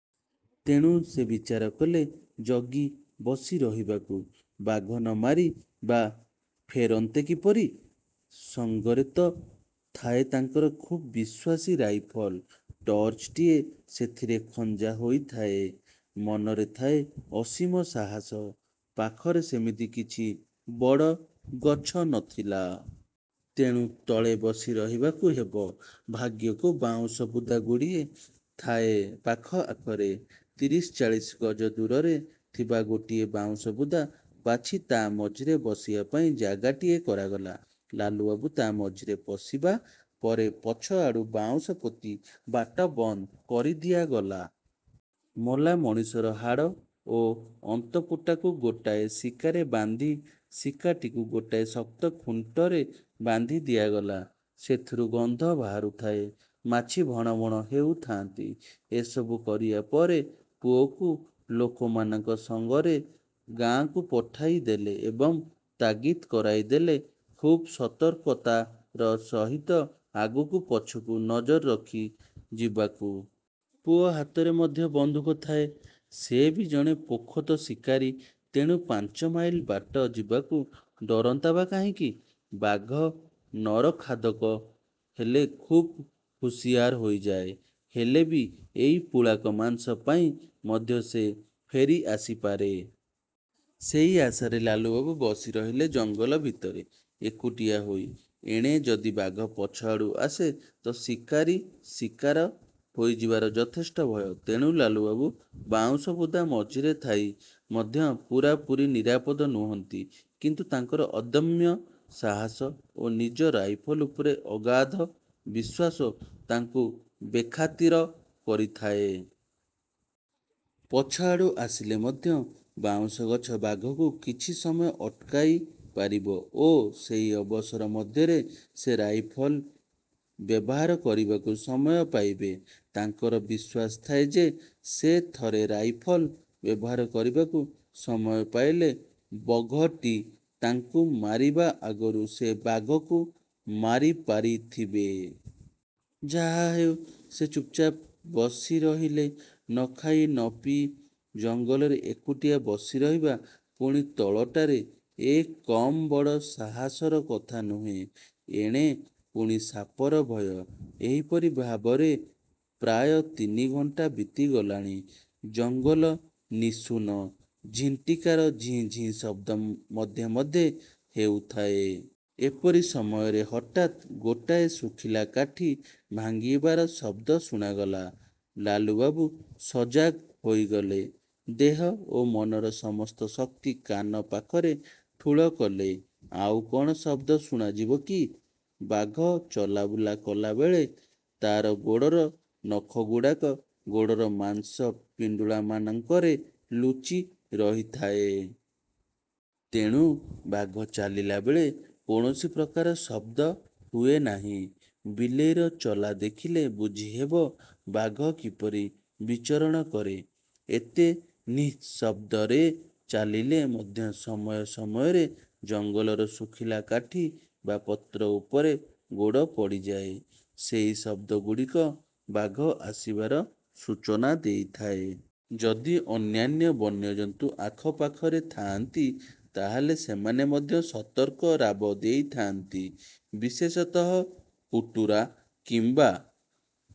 ତେଣୁ ସେ ବିଚାରକଲେ ଜଗି ବସି ରହିବାକୁ। ବାଘ ନ ମାରି ବା ଫେରନ୍ତେ କିପରି! ସଙ୍ଗରେ ତ ଥାଏ ତାଙ୍କର ଖୁବ୍ ବିଶ୍ୱାସୀ ରାଇଫଲ। ଟର୍ଚ୍ଚଟିଏ ସେଥିରେ ଖଞ୍ଜା ହୋଇଥାଏ। ମନରେ ଥାଏ ଅସୀମ ସାହସ। ପାଖରେ ସେମିତି କିଛି ବଡ଼ ଗଛ ନଥିଲା। ତେଣୁ ତଳେ ବସି ରହିବାକୁ ହେବ। ଭାଗ୍ୟକୁ ବାଉଁଶ ବୁଦାଗୁଡ଼ିଏ ଥାଏ ପାଖ ଆଖରେ। ତିରିଶ ଚାଳିଶ ଗଜ ଦୂରରେ ଥିବା ଗୋଟାଏ ବାଉଁଶ ବୁଦା ବାଛି ତା' ମଝିରେ ବସିବା ପାଇଁ ଜାଗାଟିଏ କରାଗଲା। ଲାଲୁବାବୁ ତା' ମଝିରେ ପଶିବା ପରେ ପଛଆଡ଼ୁ ବାଉଁଶ ପୋତି ବାଟ ବନ୍ଦ କରି ଦିଆଗଲା। ମଲା ମଣିଷର ହାଡ଼ ଓ ଅନ୍ତପୁଟାକୁ ଗୋଟାଏ ଶିକାରେ ବାନ୍ଧି ଶିକାଟିକୁ ଗୋଟାଏ ଶକ୍ତ ଖୁଣ୍ଟରେ ବାନ୍ଧି ଦିଆଗଲା-। ସେଥିରୁ ଗନ୍ଧ ବାହାରୁଥାଏ ଓ ମାଛି ଭଣ ଭଣ ହେଉଥାଆନ୍ତି। ଏସବୁ କରିବା ପରେ ପୁଅକୁ ଲୋକମାନଙ୍କ ସଙ୍ଗରେ ଗାଁକୁ ପଠାଇଦେଲେ ଏବଂ ତାଗିଦ କରାଇଦେଲେ ଖୁବ୍ ସତର୍କତାର ସହିତ ଆଗକୁ ପଛକୁ ନଜର ରଖି ଯିବାକୁ। ପୁଅ ହାତରେ ମଧ୍ୟ ବନ୍ଧୁକ ଥାଏ। ସେ ବି ଜଣେ ପୋଖତ ଶିକାରୀ। ତେଣୁ ପାଞ୍ଚ ମାଇଲ ବାଟ ଯିବାକୁ ଡରନ୍ତା ବା କାହିଁକି! ବାଘ ନରଖାଦକ ହେଲେ ଖୁବ୍ ହୁସିଆର ହୋଇଯାଏ–ହେଲେ ବି ଏଇ ପୁଳାକ ମାଂସ ପାଇଁ ମଧ୍ୟ ସେ ଫେରି ଆସିପାରେ। ସେଇ ଆାଶାରେ ଲାଲୁବାବୁ ବସି ରହିଲେ ଜଙ୍ଗଲ ଭିତରେ, ଏକୁଟିଆ ହୋଇ। ଏଣେ ଯଦି ବାଘ ପଛଆଡ଼ୁ ଆସେ ତ ଶିକାରୀ ଶିକାର ହୋଇଯିବାର ଯଥେଷ୍ଟ ଭୟ। ତେଣୁ ଲାଲୁବାବୁ ବାଉଁଶ ବୁଦା ମଝିରେ ଥାଇ ମଧ୍ୟ ପୂରାପୂରି ନିରାପଦ ନୁହନ୍ତି। କିନ୍ତୁ ତାଙ୍କର ଅଦମ୍ୟ ସାହସ ଓ ନିଜ ରାଇଫଲ ଉପରେ ଅଗାଧ ବିଶ୍ୱାସ ତାଙ୍କୁ ବେଖାତିର କରିଥାଏ। ପଛ ଆଡ଼ୁ ଆସିଲେ ମଧ୍ୟ ବାଉଁଶ ଗଛ ବାଘକୁ କିଛି ସମୟ ଅଟକାଇ ପାରିବ ଓ ସେଇ ଅବସର ମଧ୍ୟରେ ସେ ରାଇଫଲ ବ୍ୟବହାର କରିବାକୁ ସମୟ ପାଇବେ। ତାଙ୍କର ବିଶ୍ୱାସ ଥାଏ ଯେ, ସେ ଥରେ ରାଇଫଲ ବ୍ୟବହାର କରିବାକୁ ସମୟ ପାଇଲେ ବଘଟି ତାଙ୍କୁ ମାରିବା ଆଗରୁ ସେ ବାଘକୁ ମାରିପାରିଥିବେ। ଯାହାହେଉ ସେ ଚୁପ୍ଚାପ୍ ବସି ରହିଲେ। ନଖାଇ ନପିଇ ଜଙ୍ଗଲରେ ଏକୁଟିଆ ବସିରହିବା, ପୁଣି ତଳଟାରେ–ଏ କମ୍ ବଡ଼ ସାହସର କଥା ନୁହେଁ। ଏଣେ ପୁଣି ସାପର ଭୟ। ଏହିପରି ଭାବରେ ପ୍ରାୟ ତିନି ଘଣ୍ଟା ବିତିଗଲାଣି। ଜଙ୍ଗଲ ନିଶୁନ। ଝିଣ୍ଟିକାର ଝିଁ ଝିଁ ଶବ୍ଦ ମଧ୍ୟେ ମଧ୍ୟେ ହେଉଥାଏ। ଏପରି ସମୟରେ ହଠାତ୍ ଗୋଟାଏ ଶୁଖିଲା କାଠି ଭାଙ୍ଗିବାର ଶବ୍ଦ ଶୁଣାଗଲା। ଲାଲୁବାବୁ ସଜାଗ ହୋଇଗଲେ। ଦେହ ଓ ମନର ସମସ୍ତ ଶକ୍ତି କାନ ପାଖରେ ଠୁଳ କଲେ-ଆଉ କ'ଣ ଶବ୍ଦ ଶୁଣାଯିବ କି! ବାଘ ଚଲାବୁଲା କଲାବେଳେ ତା'ର ଗୋଡ଼ର ନଖଗୁଡ଼ାକ ଗୋଡ଼ର ମାଂସ ପିଣ୍ଡୁଳାମାନଙ୍କରେ ଲୁଚି ରହିଥାଏ। ତେଣୁ ବାଘ ଚାଲିଳା ବେଳେ କୌଣସି ପ୍ରକାର ଶବ୍ଦ ହୁଏ ନାହିଁ। ବିଲେଇର ଚଲା ଦେଖିଲେ ବୁଝିହେବ ବାଘ କିପରି ବିଚରଣ କରେ। ଏତେ ନିଃଶବ୍ଦରେ ଚାଲିଲେ ମଧ୍ୟ ସମୟ ସମୟରେ ଜଙ୍ଗଲର ଶୁଖିଲା କାଠି ବା ପତ୍ର ଉପରେ ଗୋଡ଼ ପଡ଼ିଯାଏ। ସେଇ ଶବ୍ଦଗୁଡ଼ିକ ବାଘ ଆସିବାର ସୂଚନା ଦେଇଥାଏ। ଯଦି ଅନ୍ୟାନ୍ୟ ବନ୍ୟଜନ୍ତୁ ଆଖ ପାଖରେ ଥାଆନ୍ତି ତାହାହେଲେ ସେମାନେ ମଧ୍ୟ ସତର୍କ ରାବ ଦେଇଥାନ୍ତି। ବିଶେଷତଃ କୁଟୁରା କିମ୍ବା